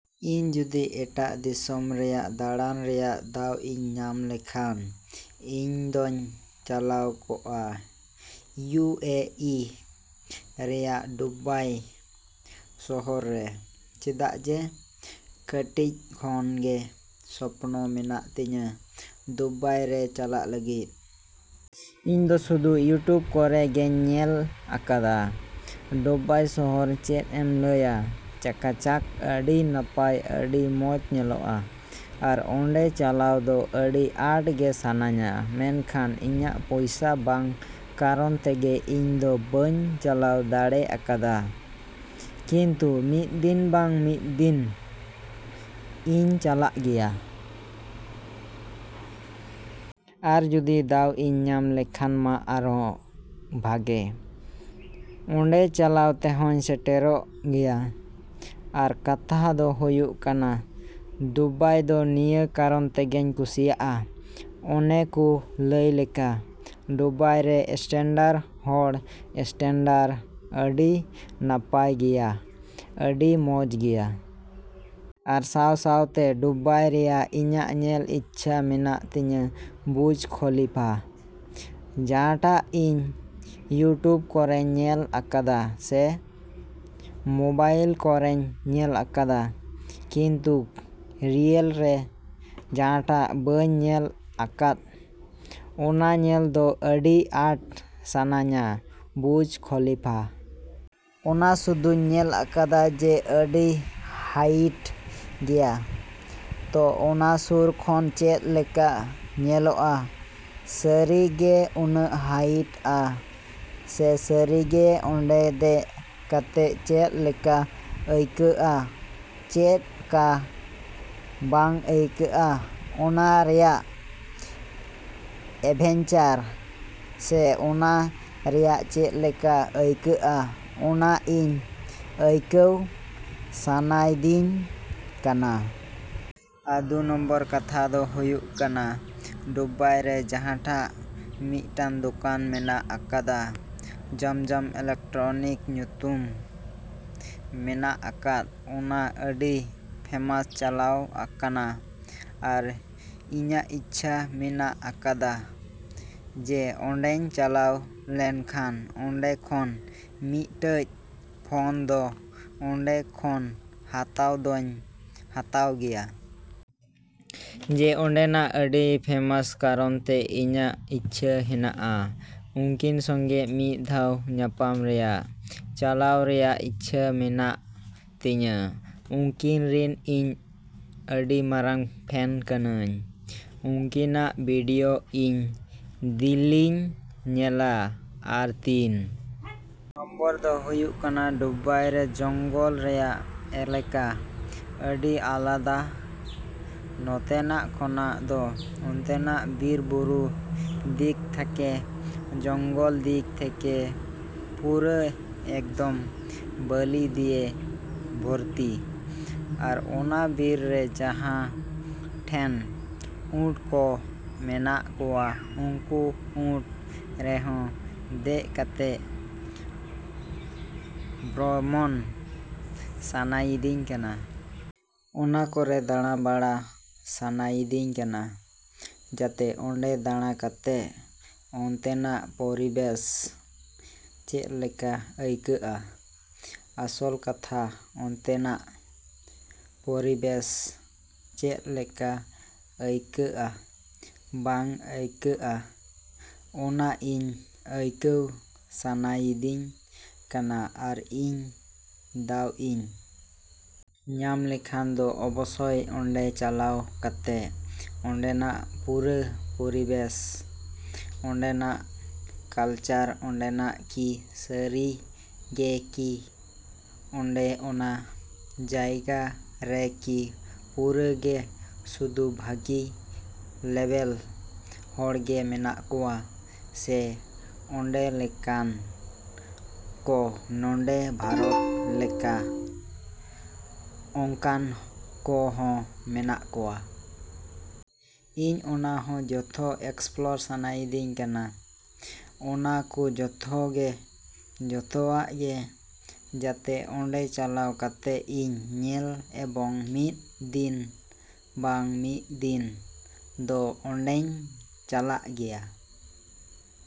ᱤᱧ ᱡᱩᱫᱤ ᱮᱴᱟᱜ ᱫᱤᱥᱚᱢ ᱨᱮᱭᱟᱜ ᱫᱟᱲᱟᱱ ᱨᱮᱭᱟᱜ ᱫᱟᱣ ᱤᱧ ᱧᱟᱢ ᱞᱮᱠᱷᱟᱱ, ᱤᱧ ᱫᱚᱧ ᱪᱟᱞᱟᱣ ᱠᱚᱜᱼᱟ ᱤᱭᱩ. ᱮ. ᱤ. ᱨᱮᱭᱟᱜ ᱫᱩᱵᱟᱭ ᱥᱚᱦᱚᱨ ᱨᱮ᱾ ᱪᱮᱫᱟᱜ ᱡᱮ ᱠᱟᱹᱴᱤᱡ ᱠᱷᱚᱱ ᱜᱮ ᱥᱚᱯᱱᱚ ᱢᱮᱱᱟᱜ ᱛᱤᱧᱟ ᱫᱩᱵᱟᱭ ᱨᱮ ᱪᱟᱞᱟᱜ ᱞᱟᱹᱜᱤᱫ᱾ ᱤᱧ ᱫᱚ ᱥᱩᱫᱷᱩ ᱤᱭᱩᱴᱩᱵᱽ ᱠᱚᱨᱮ ᱜᱮᱧ ᱧᱮᱞ ᱟᱠᱟᱫᱟ ᱫᱩᱵᱟᱭ ᱥᱚᱦᱚᱨ ᱪᱮᱫ ᱮᱢ ᱞᱟᱹᱭᱟ ᱪᱟᱠᱟᱪᱟᱠ, ᱟᱹᱰᱤ ᱱᱟᱯᱟᱭ, ᱟᱹᱰᱤ ᱢᱚᱡᱽ ᱧᱮᱞᱚᱜᱼᱟ, ᱟᱨ ᱚᱸᱰᱮ ᱪᱟᱞᱟᱣ ᱫᱚ ᱟᱹᱰᱤ ᱟᱸᱴ ᱜᱮ ᱥᱟᱱᱟᱧᱟ᱾ ᱢᱮᱱᱠᱷᱟᱱ ᱤᱧᱟᱜ ᱯᱚᱭᱥᱟ ᱵᱟᱝᱟ ᱠᱟᱨᱚᱱ ᱛᱮᱜᱮ ᱤᱧ ᱫᱚ ᱵᱟᱹᱧ ᱪᱟᱞᱟᱣ ᱫᱟᱲᱮ ᱟᱠᱟᱫᱟ, ᱠᱤᱱᱛᱩ ᱢᱤᱫ ᱫᱤᱱ ᱵᱟᱝ ᱢᱤᱫ ᱫᱤᱱ ᱤᱧ ᱪᱟᱞᱟᱜ ᱜᱮᱭᱟ᱾ ᱟᱨ ᱡᱩᱫᱤ ᱫᱟᱣ ᱤᱧ ᱧᱟᱢ ᱞᱮᱠᱷᱟᱱ ᱢᱟ ᱟᱨᱦᱚᱸ ᱵᱷᱟᱜᱮ᱾ ᱚᱸᱰᱮ ᱪᱟᱞᱟᱣ ᱛᱮᱦᱚᱧ ᱥᱮᱴᱮᱨᱚᱜ ᱜᱮᱭᱟ᱾ ᱟᱨ ᱠᱟᱛᱷᱟ ᱫᱚ ᱦᱩᱭᱩᱜ ᱠᱟᱱᱟ ᱫᱩᱵᱟᱭ ᱫᱚ ᱱᱤᱭᱟᱹ ᱠᱟᱨᱚᱱ ᱛᱮᱜᱮᱧ ᱠᱩᱥᱤᱭᱟᱜᱼᱟ, ᱚᱱᱮ ᱠᱚ ᱞᱟᱹᱭ ᱞᱮᱠᱟ ᱫᱩᱵᱟᱭ ᱨᱮ ᱥᱴᱟᱱᱰᱟᱨᱰ ᱦᱚᱲ ᱥᱴᱟᱱᱰᱟᱨᱰ ᱟᱹᱰᱤ ᱱᱟᱯᱟᱭ ᱜᱮᱭᱟ, ᱟᱹᱰᱤ ᱢᱚᱡᱽ ᱜᱮᱭᱟ᱾ ᱟᱨ ᱥᱟᱶ ᱥᱟᱶᱛᱮ ᱫᱩᱵᱟᱭ ᱨᱮᱭᱟᱜ ᱤᱧᱟᱜ ᱧᱮᱞ ᱤᱪᱪᱷᱟ ᱢᱮᱱᱟᱜ ᱛᱤᱧᱟ ᱵᱩᱨᱡᱽ ᱠᱷᱚᱞᱤᱯᱷᱟ, ᱡᱟᱦᱟᱸᱴᱟᱜ ᱤᱧ ᱤᱭᱩᱴᱩᱵᱽ ᱠᱚᱨᱮᱧ ᱧᱮᱞ ᱟᱠᱟᱫᱟ ᱥᱮ ᱢᱚᱵᱟᱭᱤᱞ ᱠᱚᱨᱮᱧ ᱧᱮᱞ ᱟᱠᱟᱫᱟ, ᱠᱤᱱᱛᱩ ᱨᱤᱭᱮᱞ ᱨᱮ ᱡᱟᱦᱟᱸᱴᱟᱜ ᱵᱟᱹᱧ ᱧᱮᱞ ᱟᱠᱟᱫ, ᱚᱱᱟ ᱧᱮᱞ ᱫᱚ ᱟᱹᱰᱤ ᱟᱸᱴ ᱥᱟᱱᱟᱧᱟ ᱵᱩᱨᱡᱽ ᱠᱷᱚᱞᱤᱯᱷᱟ᱾ ᱚᱱᱟ ᱥᱩᱫᱩᱧ ᱧᱮᱞ ᱟᱠᱟᱫᱟ ᱡᱮ ᱟᱹᱰᱤ ᱦᱟᱭᱤᱴ ᱜᱮᱭᱟ, ᱛᱚ ᱚᱱᱟ ᱥᱩᱨ ᱠᱷᱚᱱ ᱪᱮᱫ ᱞᱮᱠᱟ ᱧᱮᱞᱚᱜᱼᱟ, ᱥᱟᱹᱨᱤ ᱜᱮ ᱩᱱᱟᱹᱜ ᱦᱟᱭᱤᱴᱼᱟ ᱥᱮ ᱥᱟᱹᱨᱤ ᱜᱮ ᱚᱸᱰᱮ ᱫᱮᱡ ᱠᱟᱛᱮᱫ ᱪᱮᱫ ᱞᱮᱠᱟ ᱟᱹᱭᱠᱟᱹᱜᱼᱟ, ᱪᱮᱫ ᱠᱟ ᱵᱟᱝ ᱟᱹᱭᱠᱟᱹᱜᱼᱟ, ᱚᱱᱟ ᱨᱮᱭᱟᱜ ᱮᱰᱵᱷᱮᱧᱪᱟᱨ ᱥᱮ ᱚᱱᱟ ᱨᱮᱭᱟᱜ ᱪᱮᱫ ᱞᱮᱠᱟ ᱟᱹᱭᱠᱟᱹᱜᱼᱟ ᱚᱱᱟ ᱤᱧ ᱟᱹᱭᱠᱟᱹᱣ ᱥᱟᱱᱟᱭᱤᱫᱤᱧ ᱠᱟᱱᱟ᱾ ᱟᱨ ᱫᱩ ᱱᱚᱢᱵᱚᱨ ᱠᱟᱛᱷᱟ ᱫᱚ ᱦᱩᱭᱩᱜ ᱠᱟᱱᱟ ᱫᱩᱵᱟᱭ ᱨᱮ ᱡᱟᱦᱟᱸᱴᱟᱜ ᱢᱤᱫᱴᱟᱹᱝ ᱫᱚᱠᱟᱱ ᱢᱮᱱᱟᱜ ᱟᱠᱟᱫᱟ ᱡᱚᱢ ᱡᱚᱢ ᱤᱞᱮᱠᱴᱨᱚᱱᱤᱠᱥ ᱧᱩᱛᱩᱢ ᱢᱮᱱᱟᱜ ᱟᱠᱟᱫ, ᱚᱱᱟ ᱟᱹᱰᱤ ᱯᱷᱮᱢᱟᱥ ᱪᱟᱞᱟᱣ ᱟᱠᱟᱱᱟ ᱟᱨ ᱤᱧᱟᱜ ᱤᱪᱪᱷᱟ ᱢᱮᱱᱟᱜ ᱟᱠᱟᱫᱟ ᱡᱮ ᱚᱸᱰᱮᱧ ᱪᱟᱞᱟᱣ ᱞᱮᱱᱠᱷᱟᱱ ᱚᱸᱰᱮ ᱠᱷᱚᱱ ᱢᱤᱫᱴᱟᱹᱡ ᱯᱷᱳᱱ ᱫᱚ ᱚᱸᱰᱮ ᱠᱷᱚᱱ ᱦᱟᱛᱟᱣ ᱫᱚᱧ ᱦᱟᱛᱟᱣ ᱜᱮᱭᱟ᱾ ᱡᱮ ᱚᱸᱰᱮᱱᱟᱜ ᱟᱹᱰᱤ ᱯᱷᱮᱢᱟᱥ ᱠᱟᱨᱚᱱᱛᱮ, ᱤᱧᱟᱜ ᱤᱪᱪᱷᱟ ᱦᱮᱱᱟᱜᱼᱟ ᱩᱱᱠᱤᱱ ᱥᱚᱸᱜᱮ ᱢᱤᱫ ᱫᱷᱟᱣ ᱧᱟᱯᱟᱢ ᱨᱮᱭᱟᱜ, ᱪᱟᱞᱟᱣ ᱨᱮᱭᱟᱜ ᱤᱪᱪᱷᱟ ᱢᱮᱱᱟᱜ ᱛᱤᱧᱟ, ᱩᱱᱠᱤᱱ ᱨᱤᱱ ᱤᱧ ᱟᱹᱰᱤ ᱢᱟᱨᱟᱝ ᱯᱷᱮᱱ ᱠᱟᱹᱱᱟᱹᱧ᱾ ᱩᱱᱠᱤᱱᱟᱜ ᱵᱷᱤᱰᱭᱳ ᱤᱧ ᱫᱤᱞᱤᱧ ᱧᱮᱞᱟ᱾ ᱟᱨ ᱛᱤᱱ ᱱᱚᱢᱵᱚᱨ ᱫᱚ ᱦᱩᱭᱩᱜ ᱠᱟᱱᱟ ᱫᱩᱵᱟᱭ ᱨᱮ ᱡᱚᱝᱜᱚᱞ ᱨᱮᱭᱟᱜ ᱮᱞᱟᱠᱟ ᱟᱹᱰᱤ ᱟᱞᱟᱫᱟ ᱱᱚᱛᱮᱱᱟᱜ ᱠᱷᱚᱱᱟᱜ ᱫᱚ, ᱚᱱᱛᱮᱱᱟᱜ ᱵᱤᱨ ᱵᱩᱨᱩ ᱫᱤᱠ ᱛᱷᱮᱠᱮ, ᱡᱚᱝᱜᱚᱞ ᱫᱤᱠ ᱛᱷᱮᱠᱮ ᱯᱩᱨᱟᱹ ᱮᱠᱫᱚᱢ ᱵᱟᱞᱤ ᱫᱤᱭᱮ ᱵᱷᱚᱨᱛᱤ, ᱟᱨ ᱚᱱᱟ ᱵᱤᱨ ᱨᱮ ᱡᱟᱦᱟᱸ ᱴᱷᱮᱱ ᱩᱸᱴ ᱠᱚ ᱢᱮᱱᱟᱜ ᱠᱚᱣᱟ ᱩᱱᱠᱩ ᱩᱸᱴ ᱨᱮᱦᱚᱸ ᱫᱮᱡ ᱠᱟᱛᱮᱫ ᱵᱷᱨᱚᱢᱚᱱ ᱥᱟᱱᱟᱭᱤᱫᱤᱧ ᱠᱟᱱᱟ᱾ ᱚᱱᱟ ᱠᱚᱨᱮ ᱫᱟᱲᱟ ᱵᱟᱲᱟ ᱥᱟᱱᱟᱭᱤᱫᱤᱧ ᱠᱟᱱᱟ᱾ ᱡᱟᱛᱮ ᱚᱸᱰᱮ ᱫᱟᱲᱟ ᱠᱟᱛᱮᱜ ᱚᱱᱛᱮᱱᱟᱜ ᱯᱚᱨᱤᱵᱮᱥ ᱪᱮᱫ ᱞᱮᱠᱟ ᱟᱹᱭᱠᱟᱹᱜᱼᱟ, ᱟᱥᱚᱞ ᱠᱟᱛᱷᱟ ᱚᱱᱛᱮᱱᱟᱜ ᱯᱚᱨᱤᱵᱮᱥ ᱪᱮᱫ ᱞᱮᱠᱟ ᱟᱹᱭᱠᱟᱹᱜᱼᱟ ᱵᱟᱝ ᱟᱹᱭᱠᱟᱹᱜᱼᱟ, ᱚᱱᱟ ᱤᱧ ᱟᱹᱭᱠᱟᱹᱣ ᱥᱟᱱᱟᱭᱤᱫᱤᱧ ᱠᱟᱱᱟ, ᱟᱨ ᱤᱧ ᱫᱟᱣ ᱤᱧ ᱧᱟᱢ ᱞᱮᱠᱷᱟᱱ ᱫᱚ ᱚᱵᱚᱥᱥᱚᱭ ᱚᱸᱰᱮ ᱪᱟᱞᱟᱣ ᱠᱟᱛᱮᱫ ᱚᱸᱰᱮᱱᱟᱜ ᱯᱩᱨᱟᱹ ᱯᱚᱨᱤᱵᱮᱥ, ᱚᱸᱰᱮᱱᱟᱜ ᱠᱟᱞᱪᱟᱨ, ᱚᱸᱰᱮᱱᱟᱜ ᱠᱤ ᱥᱟᱹᱨᱤ ᱜᱮ ᱠᱤ ᱚᱸᱰᱮ ᱚᱱᱟ ᱡᱟᱭᱜᱟ ᱨᱮ ᱠᱤ ᱯᱩᱨᱟᱹ ᱜᱮ ᱥᱩᱫᱩ ᱵᱷᱟᱹᱜᱤ ᱞᱮᱵᱮᱞ ᱦᱚᱲ ᱜᱮ ᱢᱮᱱᱟᱜ ᱠᱚᱣᱟ, ᱥᱮ ᱟᱵᱚ ᱞᱮᱠᱟᱱ ᱠᱚ ᱱᱚᱰᱮ ᱵᱷᱟᱨᱚᱛ ᱞᱮᱠᱟ ᱚᱱᱠᱟᱱ ᱠᱚ ᱦᱚᱸ ᱢᱮᱱᱟᱜ ᱠᱚᱣᱟ᱾ ᱤᱧ ᱚᱱᱟ ᱦᱚᱸ ᱡᱷᱚᱛᱚ ᱮᱠᱥᱯᱞᱳᱨ ᱥᱟᱱᱟᱭᱤᱫᱤᱧ ᱠᱟᱱᱟ, ᱚᱱᱟ ᱠᱚ ᱡᱷᱚᱛᱚ ᱜᱮ ᱡᱷᱚᱛᱚᱣᱟᱜ ᱜᱮ ᱡᱟᱛᱮ ᱚᱸᱰᱮ ᱪᱟᱞᱟᱣ ᱠᱟᱛᱮᱫ ᱤᱧ ᱧᱮᱞ ᱮᱵᱚᱝ ᱢᱤᱫ ᱫᱤᱱ ᱵᱟᱝ ᱢᱤᱫ ᱫᱤᱱ ᱫᱚ ᱚᱸᱰᱮᱧ ᱪᱟᱞᱟᱜ ᱜᱮᱭᱟ᱾।